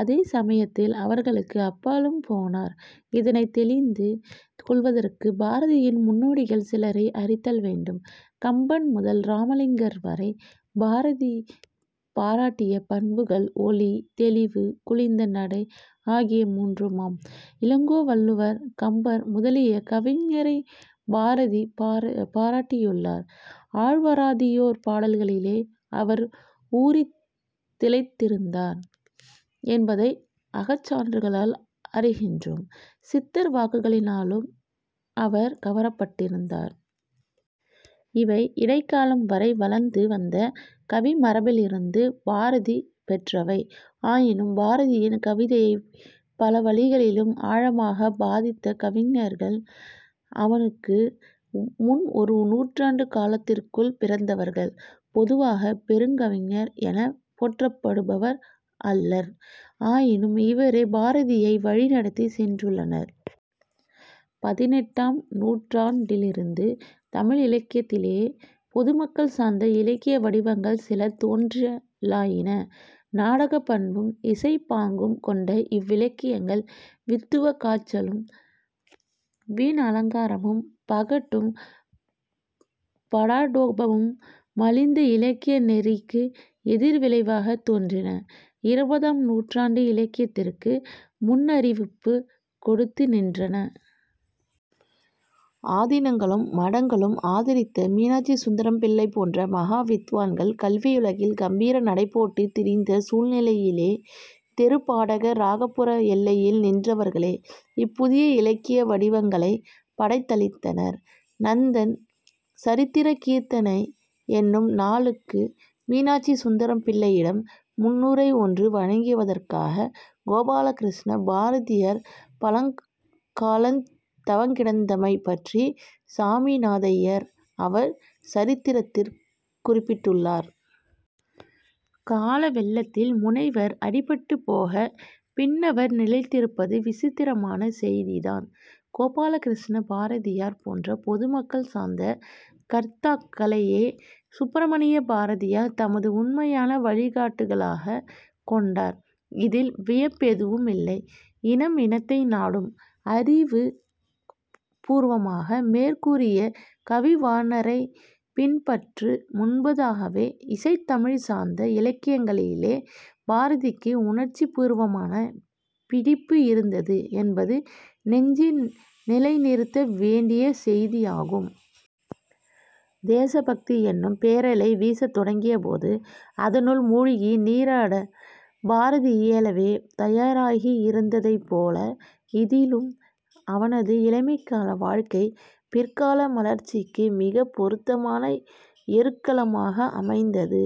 அதே சமயத்தில் அவர்களுக்கு அப்பாலும் போனார். இதனைத் தௌிந்து கொள்வதற்குப் பாரதியின் முன்னோடிகள் சிலரை அறிதல் வேண்டும். கம்பன் முதல் இராமலிங்கர் வரை பாரதி பாராட்டிய பண்புகள் "ஒளி, தௌிவு, குளிர்ந்த நடை" ஆகிய மூன்றுமாம். இளங்கோ, வள்ளுவர், கம்பர் முதலிய கவிஞரைப் பாரதி பாராட்டியுள்ளார்; ஆழ்வாராதியோர் பாடல்களிலே அவர் ஊறித் திளைத்திருந்தார் என்பதை அகச்சான்றுகளால் அறிகின்றோம்; சித்தர் வாக்குகளினாலும் அவர் கவரப்பட்டிருந்தார். இவை இடைக்காலம் வரை வளர்ந்து வந்த கவிமரபிலிருந்து பாரதி பெற்றவை. ஆயினும் பாரதியின் கவிதையைப் பல வழிகளில் ஆழமாகப் பாதித்த கவிஞர்கள் அவனுக்கு முன் ஒரு நூற்றாண்டுக் காலத்திற்குள் பிறந்தவர்கள். பொதுவாகப் "பெருங் கவிஞர்" எனப் போற்றப்படுவர் அல்லர். ஆயினும் இவரே பாரதியை வழி நடத்திச் சென்றுள்ளனர். பதினெட்டாம் நூற்றாண்டிலிருந்து தமிழிலக்கியத்திலே பொதுமக்கள் சார்ந்த இலக்கிய வடிவங்கள் சில தோன்றலாயின. நாடகப் பண்பும் இசைப் பாங்கும் கொண்ட இவ்விலக்கியங்கள், வித்துவக் காய்ச்சலும் வீண் அலங்காரமும், பகட்டும், படாடோபமும் மலிந்த இலக்கிய நெறிக்கு எதிர் விளைவாகத் தோன்றின. இருபதாம் நூற்றாண்டு இலக்கியத்திற்கு முன்னறிவிப்புக் கொடுத்து நின்றன. ஆதினங்களும் மடங்களும் ஆதரித்த மீனாட்சி சுந்தரம்பிள்ளை போன்ற மகாவித்துவான்கள் கல்வியுலகில் கம்பீர நடைபோட்டுத் திரிந்த சூழ்நிலையிலே, 'தெருப்பாடக'ராகப் புற எல்லையில் நின்றவர்களே இப்புதிய இலக்கிய வடிவங்களைப் படைத்தளித்தனர். நந்தன் சரித்திரக் கீர்த்தனை என்னும் நாலுக்கு மீனாட்சி சுந்தரம்பிள்ளையிடம் முன்னுரை ஒன்று வாங்குவதற்காகக் கோபாலகிருஷ்ண பாரதியார் பலகாலந் 'தவங்கிடந்தமை' பற்றிச் சாமிநாதையர் அவர் சரித்திரத்திற் குறிப்பிட்டுள்ளார். காலவெள்ளத்தில் முனைவர் அடிபட்டுப் போகப் பின்னவர் நிலைத்திருப்பது விசித்திரமான செய்திதான். கோபாலகிருஷ்ண பாரதியார் போன்ற பொதுமக்கள் சார்ந்த கர்த்தாக்களையே சுப்பிரமணிய பாரதியார் தமது உண்மையான வழிகாட்டிகளாகக் கொண்டார். இதில் வியப்பெதுவுமில்லை. இனம் இனத்தை நாடும். அறிவு பூர்வமாக மேற்கூறிய கவிவாணரைப் பின்பற்று முன்பதாகவே இசைத்தமிழ் சார்ந்த இலக்கியங்களிலே பாரதிக்கு உணர்ச்சி பூர்வமான பிடிப்பு இருந்தது என்பது நெஞ்சில் நிலைநிறுத்த வேண்டிய செய்தியாகும். தேசபக்தி என்னும் பேரலை வீசத் தொடங்கியபோது, அதனுள் மூழ்கி நீராடப் பாரதி ஏலவே தயாராகியிருந்ததைப் போல, இதிலும் அவனது இளமைக்கால வாழ்க்கை பிற்கால மலர்ச்சிக்கு மிகப் பொருத்தமான எருக்களமாக அமைந்தது.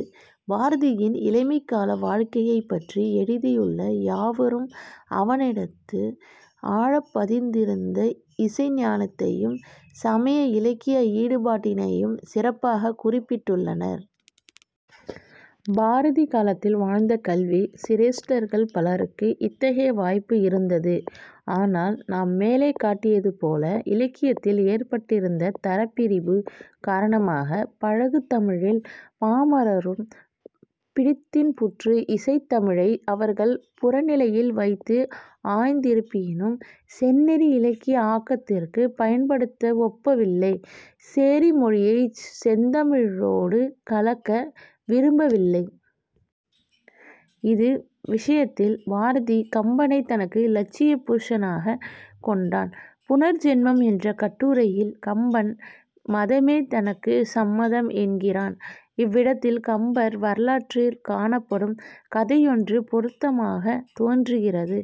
பாரதியின் இளமைக்கால வாழ்க்கையைப் பற்றி எழுதியுள்ள யாவரும், அவனிடத்து ஆழப் பதிந்திருந்த இசை ஞானத்தையும், சமய இலக்கிய ஈடுபாட்டினையும் சிறப்பாகக் குறிப்பிட்டுள்ளனர். பாரதி காலத்தில் வாழ்ந்த கல்வி சிரேஷ்டர்கள் பலருக்கு இத்தகைய வாய்ப்பு இருந்தது. ஆனால் நாம் மேலே காட்டியது போல இலக்கியத்தில் ஏற்பட்டிருந்த தரப்பிரிபு காரணமாக 'பழகுதமிழில்' பாமரரும் பிடித்தின்புற்று இசைத் தமிழை அவர்கள் புறநிலையில் வைத்து ஆய்ந்திருப்பினும், "செந்நெறி" இலக்கிய ஆக்கத்திற்குப் பயன்படுத்த ஒப்பவில்லை. 'சேரி மொழியை'ச் செந்தமிழோடு கலக்க விரும்பவில்லை. இது விஷயத்தில் பாரதி கம்பனைத் தனக்கு இலட்சிய புருஷனாகக் கொண்டான். புனர்ஜென்மம் என்ற கட்டுரையில் கம்பன் மதமே தனக்குச் சம்மதம் என்கிறான். இவ்விடத்தில் கம்பர் வரலாற்றிற் காணப்படும் கதையொன்று பொருத்தமாகத் தோன்றுகிறது.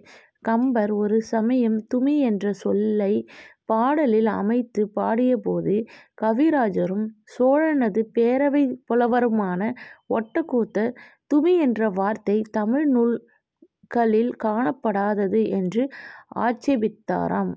கம்பர் ஒரு சமயம் 'துமி' என்ற சொல்லைப் பாடலில் அமைத்துப் பாடியபோது, கவிராஜரும் சோழனது பேரவைப் புலவருமான ஒட்டக்கூத்தர் "துமி" என்ற வார்த்தை தமிழ் நூல்களிற் காணப்படாதது என்று ஆட்சேபித்தாராம்.